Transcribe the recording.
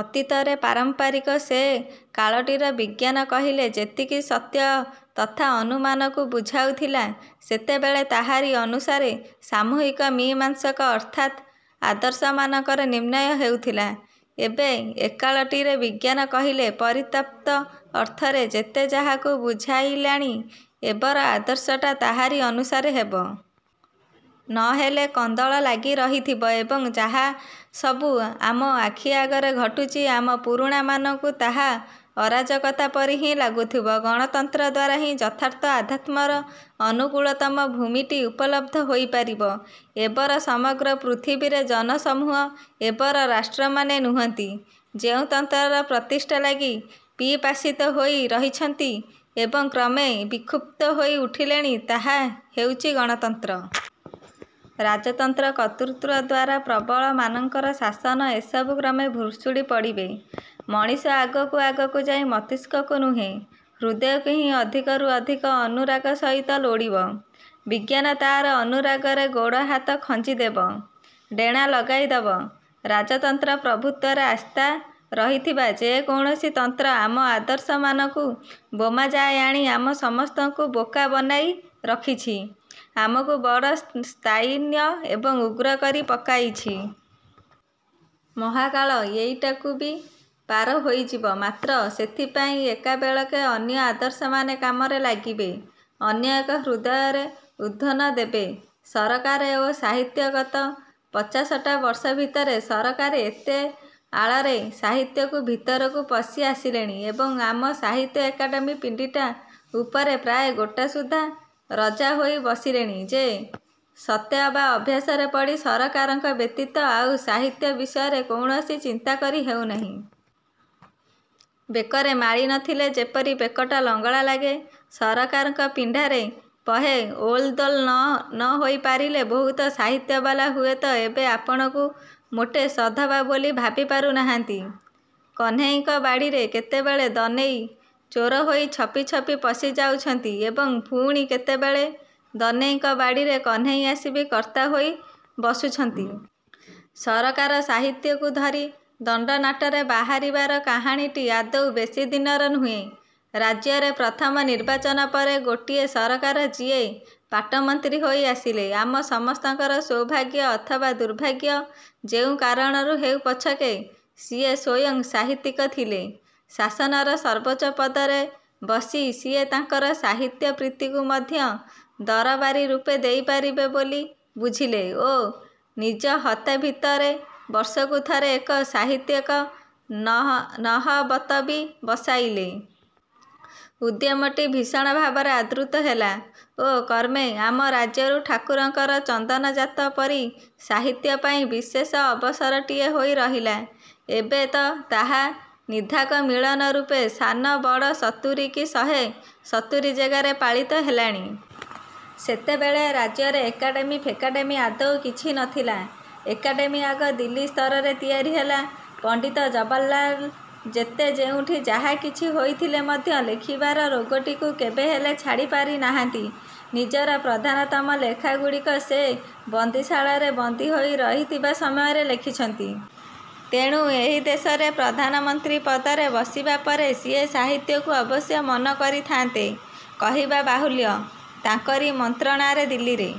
ଅତୀତରେ ପାରମ୍ପରିକ ସେ କାଳଟିରେ ବିଜ୍ଞାନ କହିଲେ ଯେତିକି ସତ୍ୟ ତଥା ଅନୁମାନକୁ ବୁଝାଉଥିଲା ସେତେବେଳେ ତାହାରି ଅନୁସାରେ ସାମୂହିକ ମୀମାଂସକ ଅର୍ଥାତ୍ ଆଦର୍ଶମାନଙ୍କର ନିର୍ଣ୍ଣୟ ହେଉଥିଲା। ଏବେ ଏକାଳଟିରେ ବିଜ୍ଞାନ କହିଲେ ପରିବ୍ୟାପ୍ତ ଅର୍ଥରେ ଯେତେ ଯାହାକୁ ବୁଝାଇଲାଣି, ଏବର ଆଦର୍ଶଟା ତାହାରି ଅନୁସାରେ ହେବ। ନହେଲେ କନ୍ଦଳ ଲାଗି ରହିଥିବ ଏବଂ ଯାହାସବୁ ଆମ ଆଖିଆଗରେ ଘଟୁଛି ଆମ ପୁରୁଣା ମାନଙ୍କୁ ତାହା ଅରାଜକତା ପରି ହିଁ ଲାଗୁଥିବ। ଗଣତନ୍ତ୍ର ଦ୍ଵାରା ହିଁ ଯଥାର୍ଥ ଆଧ୍ୟାତ୍ମର ଅନୁକୂଳତମ ଭୂମିଟି ଉପଲବ୍ଧ ହୋଇପାରିବ। ଏବର ସମଗ୍ର ପୃଥିବୀରେ ଜନସମୂହ, ଏବର ରାଷ୍ଟ୍ରମାନେ ନୁହନ୍ତି ଯେଉଁ ତନ୍ତ୍ରର ପ୍ରତିଷ୍ଠା ଲାଗି ପିପାସିତ ହୋଇ ରହିଛନ୍ତି ଏବଂ କ୍ରମେ ବିକ୍ଷୁବ୍ଧ ହୋଇ ଉଠିଲେଣି ତାହା ହେଉଛି ଗଣତନ୍ତ୍ର। ରାଜତନ୍ତ୍ର, କର୍ତ୍ତୃତ୍ଵ ଦ୍ଵାରା ପ୍ରବଳମାନଙ୍କର ଶାସନ ଏସବୁ କ୍ରମେ ଭୁଶୁଡ଼ି ପଡ଼ିବେ। ମଣିଷ ଆଗକୁ ଆଗକୁ ଯାଇ ମସ୍ତିଷ୍କକୁ ନୁହେଁ, ହୃଦୟକୁ ହିଁ ଅଧିକରୁ ଅଧିକ ଅନୁରାଗ ସହିତ ଲୋଡ଼ିବ। ବିଜ୍ଞାନ ତାର ଅନୁରାଗରେ ଗୋଡ଼ହାତ ଖଞ୍ଜିଦେବ, ଡ଼େଣା ଲଗାଇଦେବ। ରାଜତନ୍ତ୍ର ପ୍ରଭୁତ୍ୱରେ ଆସ୍ଥା ରହିଥିବା ଯେକୌଣସି ତନ୍ତ୍ର ଆମ ଆଦର୍ଶମାନଙ୍କୁ ବୋମା ଯାଏ ଆଣି ଆମ ସମସ୍ତଙ୍କୁ ବୋକା ବନାଇ ରଖିଛି, ଆମକୁ ବଡ଼ ସ୍ଥାନୀୟ ଏବଂ ଉଗ୍ର କରି ପକାଉଛି। ମହାକାଳ ଏଇଟିକୁ ବି ପାରି ହୋଇଯିବ। ମାତ୍ର ସେଥିପାଇଁ ଏକାବେଳେଳେ ଅନ୍ୟ ଆଦର୍ଶମାନେ କାମରେ ଲାଗିବେ, ଅନ୍ୟ ଏକ ହୃଦୟର ଉଦ୍ବୋଧନ ଦେବେ। ସରକାର ଓ ସାହିତ୍ୟ ଗତ ପଚାଶଟା ବର୍ଷ ଭିତରେ ସରକାର ଏତେ ଆଳରେ ସାହିତ୍ୟ ଭିତରକୁ ପଶି ଆସିଲେଣି ଏବଂ ଆମ ସାହିତ୍ୟ ଏକାଡ଼େମୀର ପିଣ୍ଡିଟା ଉପରେ ପ୍ରାୟ ଗୋଟାସୁଦ୍ଧା ରଜା ହୋଇ ବସିଲେଣି ଯେ ସତେଅବା ଅଭ୍ୟାସରେ ପଡ଼ି ସରକାରଙ୍କ ବ୍ୟତୀତ ଆଉ ସାହିତ୍ୟ ବିଷୟରେ କୌଣସି ଚିନ୍ତା କରି ହେଉନାହିଁ। ବେକରେ ମାଳୀ ନଥିଲେ ଯେପରି ବେକଟା ଲଙ୍ଗଳା ଲାଗେ, ସରକାରଙ୍କ ପିଣ୍ଡାରେ ବହେ ଓଲ୍ ଦୋଲ୍ ନହୋଇ ପାରିଲେ ବହୁତ ସାହିତ୍ୟବାଲା ହୁଏତ ଏବେ ଆପଣାକୁ ମୋଟେ ସଧବା ବୋଲି ଭାବି ପାରୁନାହାନ୍ତି। କହ୍ନେଇଙ୍କ ବାଡ଼ିରେ କେତେବେଳେ ଦନେଇ ଚୋର ହୋଇ ଛପି ଛପି ପଶି ଯାଉଛନ୍ତି ଏବଂ ପୁଣି କେତେବେଳେ ଦନେଇଙ୍କ ବାଡ଼ିରେ କହ୍ନେଇ ଆସି ବି କର୍ତ୍ତା ହୋଇ ବସୁଛନ୍ତି। ସରକାର ସାହିତ୍ୟକୁ ଧରି ଦଣ୍ଡନାଟରେ ବାହାରିବାର କାହାଣୀଟି ଆଦୌ ବେଶୀଦିନର ନୁହେଁ। ରାଜ୍ୟରେ ପ୍ରଥମ ନିର୍ବାଚନ ପରେ ଗୋଟିଏ ସରକାରର ଯିଏ ପାଟମନ୍ତ୍ରୀ ହୋଇ ଆସିଲେ, ଆମ ସମସ୍ତଙ୍କର ସୌଭାଗ୍ୟ ଅଥବା ଦୁର୍ଭାଗ୍ୟ ଯେଉଁ କାରଣରୁ ହେଉ ପଛକେ ସିଏ ସ୍ୱୟଂ ସାହିତ୍ୟିକ ଥିଲେ। ଶାସନର ସର୍ବୋଚ୍ଚ ପଦରେ ବସି ସିଏ ତାଙ୍କର ସାହିତ୍ୟପ୍ରୀତିକୁ ମଧ୍ୟ ଦରବାରୀ ରୂପ ଦେଇପାରିବେ ବୋଲି ବୁଝିଲେ ଓ ନିଜ ହତା ଭିତରେ ବର୍ଷକୁ ଥରେ ଏକ ସାହିତ୍ୟିକ ନହବତ ବି ବସାଇଲେ। ଉଦ୍ୟମଟି ଭୀଷଣ ଭାବରେ ଆଦୃତ ହେଲା ଓ କ୍ରମେ ଆମ ରାଜ୍ୟରେ ଠାକୁରଙ୍କର ଚନ୍ଦନଯାତ ପରି ସାହିତ୍ୟ ପାଇଁ ବିଶେଷ ଅବସରଟିଏ ହୋଇ ରହିଲା। ଏବେ ତ ତାହା ନିଦାଘ ମିଳନ ରୂପେ ସାନ ବଡ଼ ସତୁରି କି ଶହେ ସତୁରି ଜାଗାରେ ପାଳିତ ହେଲାଣି। ସେତେବେଳେ ରାଜ୍ୟରେ ଏକାଡ଼େମୀ ଫେକାଡ଼େମୀ ଆଦୌ କିଛି ନଥିଲା। ଏକାଡ଼େମୀ ଆଗ ଦିଲ୍ଲୀ ସ୍ତରରେ ତିଆରି ହେଲା। ପଣ୍ଡିତ ଜବାହରଲାଲ୍ ଯେତେ ଯେଉଁଠି ଯାହାକିଛି ହୋଇଥିଲେ ମଧ୍ୟ ଲେଖିବାର ରୋଗଟିକୁ କେବେହେଲେ ଛାଡ଼ି ପାରିନାହାନ୍ତି। ନିଜର ପ୍ରଧାନତମ ଲେଖାଗୁଡ଼ିକୁ ସେ ବନ୍ଦୀଶାଳାରେ ବନ୍ଦୀ ହୋଇ ରହିଥିବା ସମୟରେ ଲେଖିଛନ୍ତି। ତେଣୁ ଏହି ଦେଶର ପ୍ରଧାନମନ୍ତ୍ରୀ ପଦରେ ବସିବା ପରେ ସିଏ ସାହିତ୍ୟକୁ ଅବଶ୍ୟ ମନ କରିଥାନ୍ତେ। କହିବା ବାହୁଲ୍ୟ, ତାଙ୍କରି ମନ୍ତ୍ରଣାରେ ଦିଲ୍ଲୀରେ